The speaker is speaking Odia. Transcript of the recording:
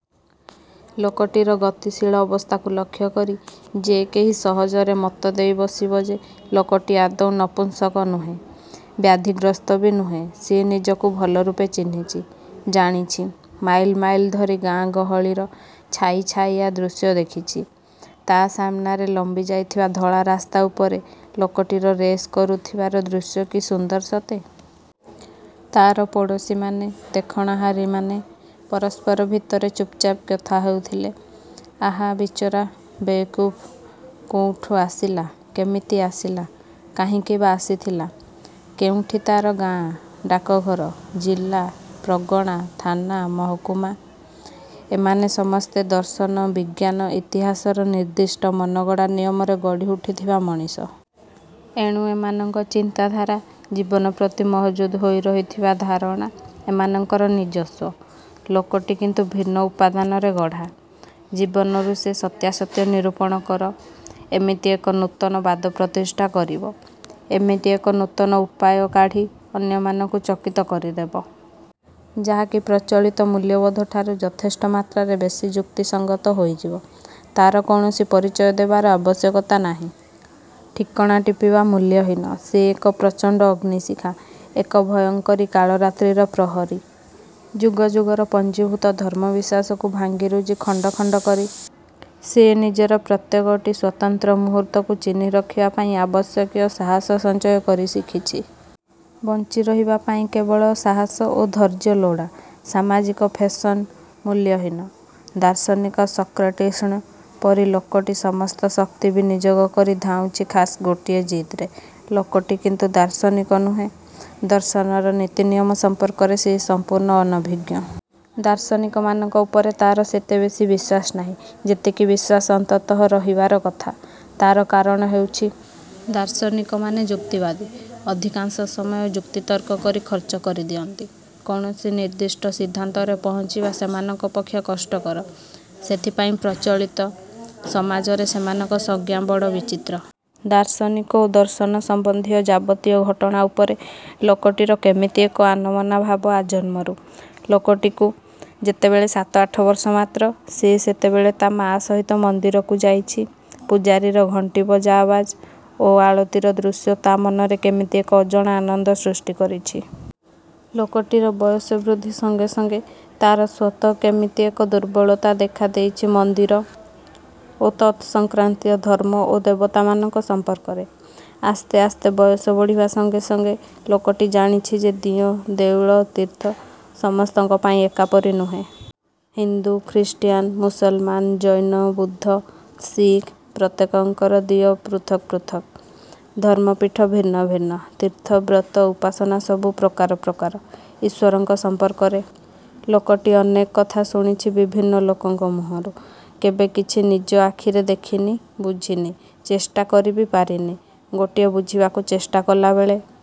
ଲୋକଟିର ଗତିଶୀଳ ଅବସ୍ଥାକୁ ଲକ୍ଷ୍ୟକରି ଯେ କେହି ସହଜରେ ମତ ଦେଇ ବସିବ ଯେ, ଲୋକଟି ଆଦୌ ନପୁଂସକ୍ ନୁହେଁ। ବ୍ୟାଧିଗ୍ରସ୍ତ ବି ନୁହେଁ। ସେ ନିଜକୁ ଭଲରୂପେ ଚିହ୍ନିଚି। ଜାଣିଛି। ମାଇଲ୍ ମାଇଲ୍ ଧରି ଗାଁ ଗହଳିର ଛାଇ ଛାଇଆ ଦୃଶ୍ୟ ଦେଖିଛି। ତା' ସାମନାରେ ଲମ୍ବି ଯାଇଥିବା ଧଳାରାସ୍ତା ଉପରେ ଲୋକଟିର ରେସ୍ କରୁଥିବାର ଦୃଶ୍ୟ କି ସୁନ୍ଦର ସତେ! ତା'ର ପଡ଼ୋଶୀମାନେ ଦେଖଣାହାରୀମାନେ ପରସ୍ପର ଭିତରେ ଚୁପ୍ଚାପ୍ କଥା ହେଉଥିଲେ ''ଆହାଃ, ବିଚରା, ବେୟକୁଫ୍, କୋଉଠୁଁ ଆସିଲା? କେମିତି ଆସିଲା? କାହିଁକି ବା ଆସିଥିଲା? କେଉଁଠି ତା'ର ଗାଁ, ଡାକଘର, ଜିଲ୍ଲା, ପ୍ରଗଣା, ଥାନା, ମହକୁମା,? ଏମାନେ ସମସ୍ତେ ଦର୍ଶନ, ବିଜ୍ଞାନ, ଇତିହାସର ନିର୍ଦ୍ଦିଷ୍ଟ ମନଗଢ଼ା ନିୟମରେ ଗଢ଼ି ଉଠିଥିବା ମଣିଷ। ଏଣୁ ଏମାନଙ୍କ ଚିନ୍ତାଧାରା ଜୀବନ ପ୍ରତି ମହଜୁଦ୍ ହୋଇ ରହିଥିବା ଧାରଣା, ଏମାନଙ୍କର ନିଜସ୍ୱ। ଲୋକଟି କିନ୍ତୁ ଭିନ୍ନ ଉପାଦାନରେ ଗଢ଼ା। ଜୀବନରୁ ସେ ସତ୍ୟାସତ୍ୟ ନିରୂପଣ କର ଏମିତି ଏକ ନୂତନବାଦ ପ୍ରତିଷ୍ଠା କରିବ। ଏମିତି ଏକ ନୂତନ ଉପାୟ କାଢ଼ି ଅନ୍ୟମାନଙ୍କୁ ଚକିତ କରିଦେବ। ଯାହାକି ପ୍ରଚଳିତ ମୂଲ୍ୟବୋଧଠାରୁ ଯଥେଷ୍ଟ ମାତ୍ରାରେ ବେଶୀ ଯୁକ୍ତିସଂଗତ ହୋଇଯିବ। ତା'ର କୌଣସି ପରିଚୟ ଦେବାର ଆବଶ୍ୟକତା ନାହିଁ। ଠିକଣା ଟିପିବା ମୂଲ୍ୟହୀନ। ସେ ଏକ ପ୍ରଚଣ୍ଡ ଅଗ୍ନିଶିଖା! ଏକ ଭୟଙ୍କରୀ କାଳରାତ୍ରିର ପ୍ରହରୀ। ଯୁଗ ଯୁଗର ପୁଞ୍ଜିଭୂତ ଧର୍ମ ବିଶ୍ୱାସକୁ ଭାଙ୍ଗିରୁଜି ଖଣ୍ଡଖଣ୍ଡ କରି ସେ ଜୀବନର ପ୍ରତ୍ୟେକଟି ସ୍ୱତନ୍ତ୍ର ମୁହୂର୍ତ୍ତକୁ ଚିହ୍ନି ରଖିବା ପାଇଁ ଆବଶ୍ୟକୀୟ ସାହାସ ସଞ୍ଚୟ କରି ଶିଖିଛି। ବଞ୍ଚିରହିବା ପାଇଁ କେବଳ ସାହାସ ଓ ଧୈର୍ଯ୍ୟ ଲୋଡ଼ା-। ସାମାଜିକ ଫେସନ ମୂଲ୍ୟହୀନ। ଦାର୍ଶନିକ ସକ୍ରେଟିସ୍ଙ୍କ ପରି ଲୋକଟି ସମସ୍ତ ଶକ୍ତି ବିନିଯୋଗ କରି ଧାଉଁଛି ଖାସ୍ ଗୋଟିଏ ଜିଦ୍ ରେ। ଲୋକଟି କିନ୍ତୁ ଦାର୍ଶନିକ ନୁହେଁ। ଦର୍ଶନର ନୀତି ନିୟମ ସମ୍ପର୍କରେ ସେ ସମ୍ପୂର୍ଣ୍ଣ ଅନଭିଜ୍ଞ। ଦାର୍ଶନିକମାନଙ୍କ ଉପରେ ତା'ର ସେତେ ବେଶୀ ବିଶ୍ୱାସ ନାହିଁ-। ଯେତିକି ବିଶ୍ୱାସ ଅନ୍ତତଃ ରହିବାର କଥା। ତା'ର କାରଣ ହେଉଛି ଦାର୍ଶନିକମାନେ ଯୁକ୍ତିବାଦୀ-। ଅଧିକାଂଶ ସମୟ ଯୁକ୍ତିତର୍କ କରି ଖର୍ଚ୍ଚ କରି ଦିଅନ୍ତି। କୌଣସି ନିର୍ଦ୍ଦିଷ୍ଟ ସିଦ୍ଧାନ୍ତରେ ପହଞ୍ଚିବା ସେମାନଙ୍କ ପକ୍ଷେ କଷ୍ଟକର। ସେଥିପାଇଁ ପ୍ରଚଳିତ ସମାଜରେ ସେମାନଙ୍କ ସଂଜ୍ଞା ବଡ଼ ବିଚିତ୍ର-। ଦାର୍ଶନିକ ଓ ଦର୍ଶନ ସମ୍ବନ୍ଧୀୟ ଯାବତୀୟ ଘଟଣା ଉପରେ ଲୋକଟିର କେମିତି ଏକ ଆନମନା ଭାବ ଆଜନ୍ମରୁ। ଲୋକଟିକୁ ଯେତେବେଳେ ସାତଆଠ ବର୍ଷ ମାତ୍ର। ସେ ସେତେବେଳେ ତା' ମା ସହିତ ମନ୍ଦିରକୁ ଯାଇଛି, ପୂଜାରୀର ଘଣ୍ଟିବଜା ଆଓ୍ୱାଜ ଓ ଆଳତୀର ଦୃଶ୍ୟ ତା' ମନରେ କେମିତି ଏକ ଅଜଣା ଆନନ୍ଦ ସୃଷ୍ଟି କରିଛି। ଲୋକଟିର ବୟସ ବୃଦ୍ଧି ସଙ୍ଗେ ସଙ୍ଗେ ତା'ର ସ୍ୱତଃ କେମିତି ଏକ ଦୁର୍ବଳତା ଦେଖା ଦେଇଛି ମନ୍ଦିର ଓ ତତ୍ ସଂକ୍ରାନ୍ତୀୟ ଧର୍ମ ଓ ଦେବତାମାନଙ୍କ ସମ୍ପର୍କରେ। ଆସ୍ତେ ଆସ୍ତେ ବୟସ ବଢ଼ିବା ସଙ୍ଗେସଙ୍ଗେ ଲୋକଟି ଜାଣିଛି ଯେ ଦିଅଁ, ଦେଉଳ, ତୀର୍ଥ ସମସ୍ତଙ୍କ ପାଇଁ ଏକାପରି ନୁହେଁ। ହିନ୍ଦୁ; ଖ୍ରୀଷ୍ଟିୟାନ, ମୁସଲମାନ, ଜୈନ, ବୁଦ୍ଧ, ଶିଖ ପ୍ରତ୍ୟେକଙ୍କ ଦିଅଁ ପୃଥକ ପୃଥକ। ଧର୍ମପୀଠ ଭିନ୍ନ ଭିନ୍ନ, ତୀର୍ଥ, ବ୍ରତ, ଉପାସନା ସବୁ ପ୍ରକାର ପ୍ରକାର। ଈଶ୍ୱରଙ୍କ ସମ୍ପର୍କରେ ଲୋକଟି ଅନେକ କଥା ଶୁଣିଛି ବିଭିନ୍ନ ଲୋକଙ୍କ ମୁହଁରୁ। କେବେ କିଛି ନିଜ ଆଖିରେ ଦେଖିନି। ବୁଝିନି। ଚେଷ୍ଟା କରି ବି ପାରିନି। ଗୋଟିଏ ବୁଝିବାକୁ ଚେଷ୍ଟା କଲାବେଳେ